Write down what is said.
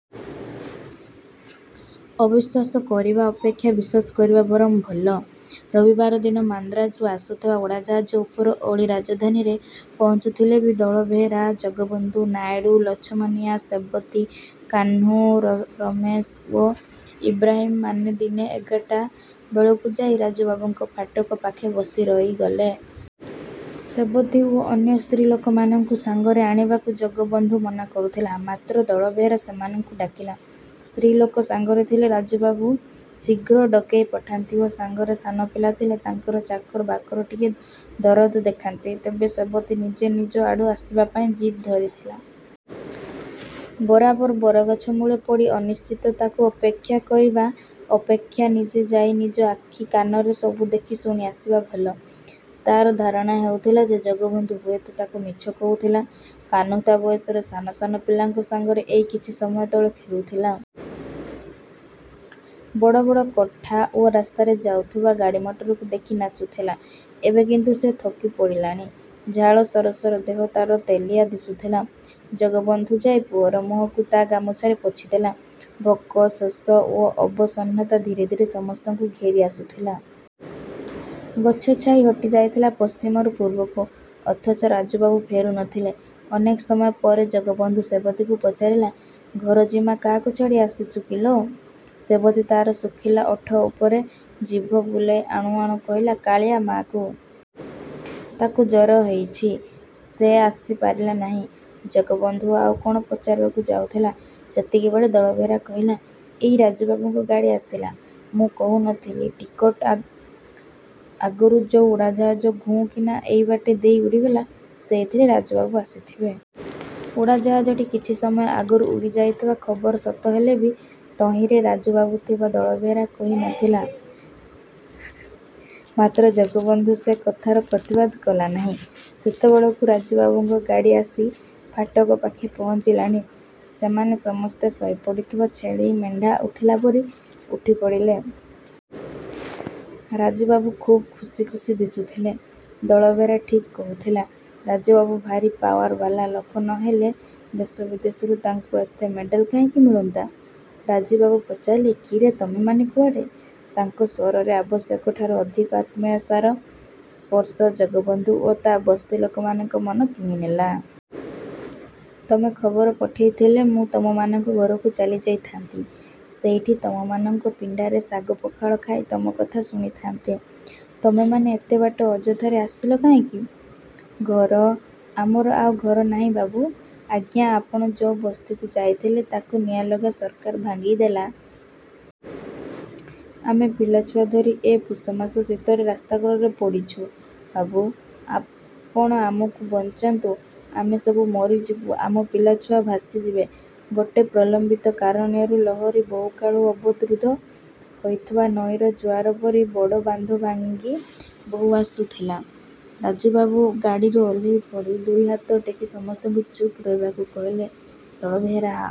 ଅବିଶ୍ୱାସ କରିବା ଅପେକ୍ଷା ବିଶ୍ୱାସ କରିବା ବରଂ ଭଲ। ରବିବାର ଦିନ ମାନ୍ଦ୍ରାଜରୁ ଆସୁଥିବା ଉଡ଼ାଜାହାଜ ଉପର ଓଳି ରାଜଧାନୀରେ ପହଞ୍ଚୁଥିଲେ ବି ଦଳବେହେରା, ଜଗବନ୍ଧୁ, ନାଇଡୁ, ଲଛମନିଆ, ସେବତୀ, କାହ୍ନୁ, ରମେଶ ଓ ଇବ୍ରାହିମ ମାନେ ଦିନେ ଏଗାରଟା ବେଳକୁ ଯାଇ ରାଜୁବାବୁଙ୍କ ଫାଟକ ପାଖେ ବସି ରହିଗଲେ। ସେବତୀ ଓ ଅନ୍ୟ ସ୍ତ୍ରୀଲୋକମାନଙ୍କୁ ସାଙ୍ଗରେ ଆଣିବାକୁ ଜଗବନ୍ଧୁ ମନା କରୁଥିଲା। ମାତ୍ର ଦଳବେହେରା ସେମାନଙ୍କୁ ଡାକିଲା। ସ୍ତ୍ରୀଲୋକ ସାଙ୍ଗରେ ଥିଲେ ରାଜୁବାବୁ ଶୀଘ୍ର ଡକେଇ ପଠାନ୍ତି ଓ ସାଙ୍ଗରେ ସାନପିଲା ଥିଲେ ତାଙ୍କର ଚାକର ବାକର ଟିକେ ଦରଦ ଦେଖାନ୍ତି। ତେବେ ସେବତୀ ନିଜେ ନିଜ ଆଡ଼ୁ ଆସିବା ପାଇଁ ଜିଦ୍ ଧରିଥିଲା। ବରାବର ବରଗଛ ମୂଳେ ପଡ଼ି ଅନିଶ୍ଚିତତାକୁ ଅପେକ୍ଷା କରିବା ଅପେକ୍ଷା ନିଜେ ଯାଇ ନିଜ ଆଖିକାନରେ ସବୁ ଦେଖି ଶୁଣି ଆସିବା ଭଲ। ତାର ଧାରଣା ହେଉଥିଲା ଯେ ଜଗବନ୍ଧୁ ହୁଏତ ତାକୁ ମିଛ କହୁଥିଲା। କାହ୍ନୁ ତା ବୟସର ସାନ ସାନ ପିଲାଙ୍କ ସାଙ୍ଗରେ ଏଇ କିଛି ସମୟ ତଳେ ଖେଳୁଥିଲା। ବଡ଼ ବଡ଼ କୋଠା ଓ ରାସ୍ତାରେ ଯାଉଥିବା ଗାଡ଼ିମଟରକୁ ଦେଖି ନାଚୁଥିଲା। ଏବେ କିନ୍ତୁ ସେ ଥକିପଡ଼ିଲାଣି। ଝାଳ ସରସର ଦେହ ତାର ତେଲିଆ ଦିଶୁଥିଲା। ଜଗବନ୍ଧୁ ଯାଇ ପୁଅର ମୁହଁକୁ ତା ଗାମୁଛାରେ ପୋଛିଦେଲା। ଭୋକ, ଶୋଷ ଓ ଅବସନ୍ନତା ଧୀରେ ଧୀରେ ସମସ୍ତଙ୍କୁ ଘେରି ଆସୁଥିଲା। ଗଛ ଛାଇ ହଟିଯାଇଥିଲା ପଶ୍ଚିମରୁ ପୂର୍ବକୁ। ଅଥଚ ରାଜୁବାବୁ ଫେରୁ ନଥିଲେ। ଅନେକ ସମୟ ପରେ ଜଗବନ୍ଧୁ ସେବତୀକୁ ପଚାରିଲା, "ଘର ଜିମା କାହାକୁ ଛାଡ଼ି ଆସିଛୁ କିଲୋ!" ସେବତୀ ତାର ଶୁଖିଲା ଓଠ ଉପରେ ଜିଭ ବୁଲେଇ ଆଣୁ ଆଣୁ କହିଲା, "କାଳିଆ ମାଆକୁ। ତାକୁ ଜର ହେଇଛି। ସେ ଆସିପାରିଲା ନାହିଁ।" ଜଗବନ୍ଧୁ ଆଉ କଣ ପଚାରିବାକୁ ଯାଉଥିଲା ସେତିକିବେଳେ ଦଳବେହେରା କହିଲା, "ଏଇ ରାଜୁବାବୁଙ୍କ ଗାଡ଼ି ଆସିଲା। ମୁଁ କହୁ ନ ଥିଲି, ଟିକକ ଆଗରୁ ଯୋଉ ଉଡ଼ାଜାହାଜ ଘୁଁ କିନା ଏଇବାଟେ ଦେଇ ଉଡ଼ିଗଲା ସେଇଥିରେ ରାଜୁବାବୁ ଆସିଥିବେ।" ଉଡ଼ାଜାହାଜଟି କିଛି ସମୟ ଆଗରୁ ଉଡ଼ିଯାଇଥିବା ଖବର ସତ ହେଲେ ବି ତହିଁରେ ରାଜୁବାବୁ ଥିବା ଦଳବେହେରା କହି ନଥିଲା। ମାତ୍ର ଜଗବନ୍ଧୁ ସେ କଥାର ପ୍ରତିବାଦ କଲା ନାହିଁ। ସେତେବେଳକୁ ରାଜୁବାବୁଙ୍କ ଗାଡ଼ି ଆସି ଫାଟକ ପାଖେ ପହଞ୍ଚିଲାଣି। ସେମାନେ ସମସ୍ତେ ଶୋଇପଡ଼ିଥିବା ଛେଳି ମେଣ୍ଢା ଉଠିଲା ପରି ଉଠିପଡ଼ିଲେ। ରାଜୁବାବୁ ଖୁବ୍ ଖୁସି ଖୁସି ଦିଶୁଥିଲେ। ଦଳବେହେରା ଠିକ୍ କହୁଥିଲା, ରାଜୁବାବୁ ଭାରି ପାୱାର ବାଲା ଲୋକ ନ ହେଲେ ଦେଶ ବିଦେଶରୁ ତାଙ୍କୁ ଏତେ ମେଡାଲ କାହିଁକି ମିଳନ୍ତା? ରାଜୁବାବୁ ପଚାରିଲେ, "କିରେ ତମେମାନେ କୁଆଡ଼େ?" ତାଙ୍କ ସ୍ୱରରେ ଆବଶ୍ୟକଠାରୁ ଅଧିକ ଆତ୍ମୀୟତାର ସ୍ପର୍ଶ ଜଗବନ୍ଧୁ ଓ ତା ବସ୍ତି ଲୋକମାନଙ୍କ ମନ କିଣିନେଲା। "ତମେ ଖବର ପଠେଇଥିଲେ ମୁଁ ତମମାନଙ୍କ ଘରକୁ ଚାଲିଯାଇଥାଆନ୍ତି। ସେଇଠି ତମମାନଙ୍କ ପିଣ୍ଡାରେ ଶାଗପଖାଳ ଖାଇ ତମ କଥା ଶୁଣିଥାଆନ୍ତି। ତମେମାନେ ଏତେବାଟ ଅଯଥାରେ ଆସିଲ କାହିଁକି ?" "ଘର? ଆମର ଆଉ ଘର ନାହିଁ ବାବୁ। ଆଜ୍ଞା ଆପଣ ଯୋଉ ବସ୍ତିକୁ ଯାଇଥିଲେ ତାକୁ ନିଆଁଲଗା ସରକାର ଭାଙ୍ଗିଦେଲା। ଆମେ ପିଲାଛୁଆ ଧରି ଏ ପୁଷମାସ ଶୀତରେ ରାସ୍ତାକଡ଼ରେ ପଡ଼ିଛୁ। ବାବୁ! ଆପଣ ଆମକୁ ବଞ୍ଚାନ୍ତୁ, ଆମେ ସବୁ ମରିଯିବୁ, ଆମ ପିଲାଛୁଆ ଭାସିଯିବେ।" ଗୋଟେ ପ୍ରଲମ୍ବିତ କାରୁଣ୍ୟର ଲହରୀ ବହୁକାଳୁ ଅବରୁଦ୍ଧ ହୋଇଥିବା ନଈର ଜୁଆର ପରି ବଡ଼ବାନ୍ଧ ଭାଙ୍ଗି ବୋହି ଆସୁଥିଲା। ରାଜୁବାବୁ ଗାଡ଼ିରୁ ଓହ୍ଲେଇପଡ଼ି, ଦୁଇହାତ ଟେକି ସମସ୍ତଙ୍କୁ ଚୁପ୍ ରହିବାକୁ କହିଲେ। ଦଳବେହେରା।